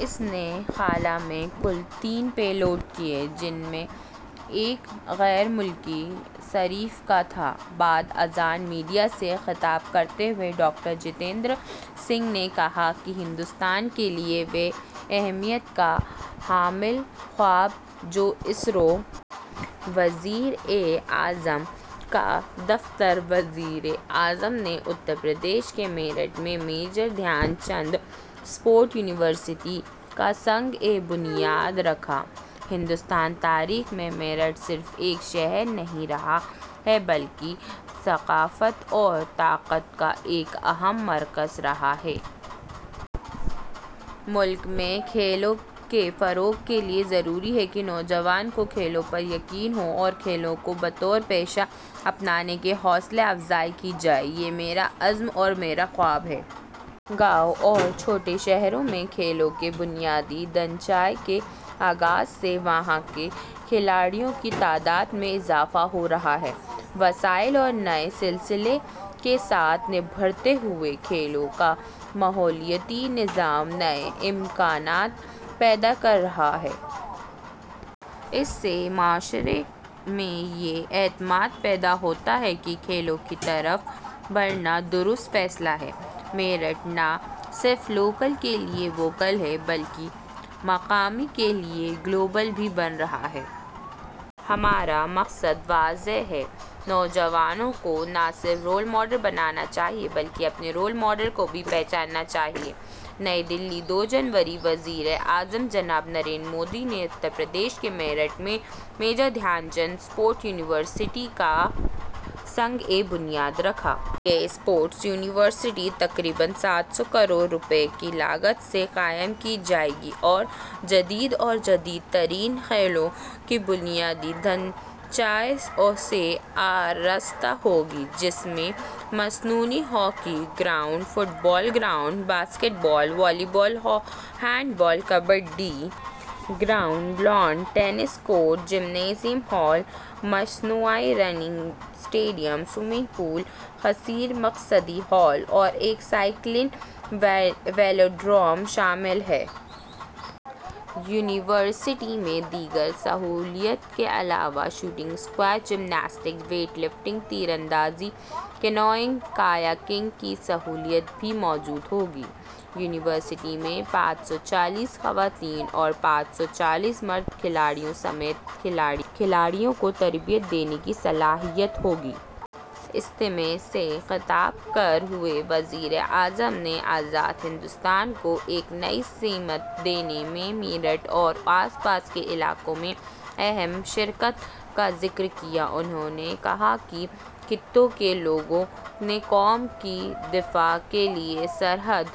اس نے خلا میں کل تین پے لوڈ کیے، جن میں ایک غیر ملکی صارف کا تھا۔ بعد ازاں میڈیا سے خطاب کرتے ہوئے ڈاکٹر جتیندر سنگھ نے کہا کہ ہندوستان کے لیے وہ اہمیت کا حامل خواب جو اسرو... وزیر اعظم کا دفتر وزیر اعظم نے اتر پردیش کے میرٹھ میں Major Dhyan Chand sports university کا سنگِ بنیاد رکھا "ہندوستانی تاریخ میں، میرٹھ صرف ایک شہر نہیں رہا ہے بلکہ ثقافت اور طاقت کا ایک اہم مرکز رہا ہے۔" ملک میں کھیلوں کے فروغ کے لیے ضروری ہے کہ نوجوانوں کو کھیلوں پر یقین ہو اور کھیلوں کو بطور پیشہ اپنانے کی حوصلہ افزائی کی جائے۔ یہ میرا عزم اور میرا خواب ہے۔ "گاؤں اور چھوٹے شہروں میں کھیلوں کے بنیادی ڈھانچے کے آغاز سے، وہاں کے کھلاڑیوں کی تعداد میں اضافہ ہو رہا ہے۔" "وسائل اور نئے سلسلے کے ساتھ ابھرتا ہوا کھیلوں کا ماحولیاتی نظام نئے امکانات پیدا کر رہا ہے۔ اس سے معاشرے میں یہ اعتماد پیدا ہوتا ہے کہ کھیلوں کی طرف بڑھنا درست فیصلہ ہے۔" "میرٹھ نہ صرف لوکل کے لیے ووکل ہے بلکہ مقامی کے لیے گلوبل بھی بن رہا ہے۔" "ہمارا مقصد واضح ہے۔ نوجوانوں کو نہ صرف رول ماڈل بننا چاہیے بلکہ اپنے رول ماڈل کو بھی پہچاننا چاہیے۔" نئی دہلی، دو جنوری۔ وزیر اعظم جناب نریندر مودی نے اتر پردیش کے میرٹھ میں Major Dhyan Chand sports university کا سنگِ بنیاد رکھا۔ یہ اسپورٹس یونیورسٹی تقریباً سات سو کروڑ روپے کی لاگت سے قائم کی جائے گی اور جدید اور جدید ترین کھیلوں کے بنیادی ڈھانچے سے آراستہ ہوگی، جس میں مصنوعی hockey ground, football ground, basketball, volleyball, handball, kabaddi ground, lawn tennis court, gymnasium hall, مصنوعی رننگ اسٹیڈیم، سوئمنگ پول، کثیر مقصدی ہال اور ایک سائیکلنگ ویلڈروم شامل ہیں۔ یونیورسٹی میں دیگر سہولیات کے علاوہ shooting, squash, gymnastic, weight lifting, تیر اندازی، کینوئنگ اور کیکنگ کی سہولیات بھی موجود ہوں گی۔ یونیورسٹی میں پانچ سو چالیس خواتین اور پانچ سو چالیس مرد کھلاڑیوں سمیت کھلاڑیوں کو تربیت دینے کی صلاحیت ہوگی۔ اجتماع سے خطاب کرتے ہوئے وزیر اعظم نے آزاد ہندوستان کو ایک نئی سمت دینے میں میرٹھ اور آس پاس کے علاقے کی اہم شراکت کا ذکر کیا۔ انہوں نے کہا کہ خطے کے لوگوں نے قوم کے دفاع کے لیے سرحد...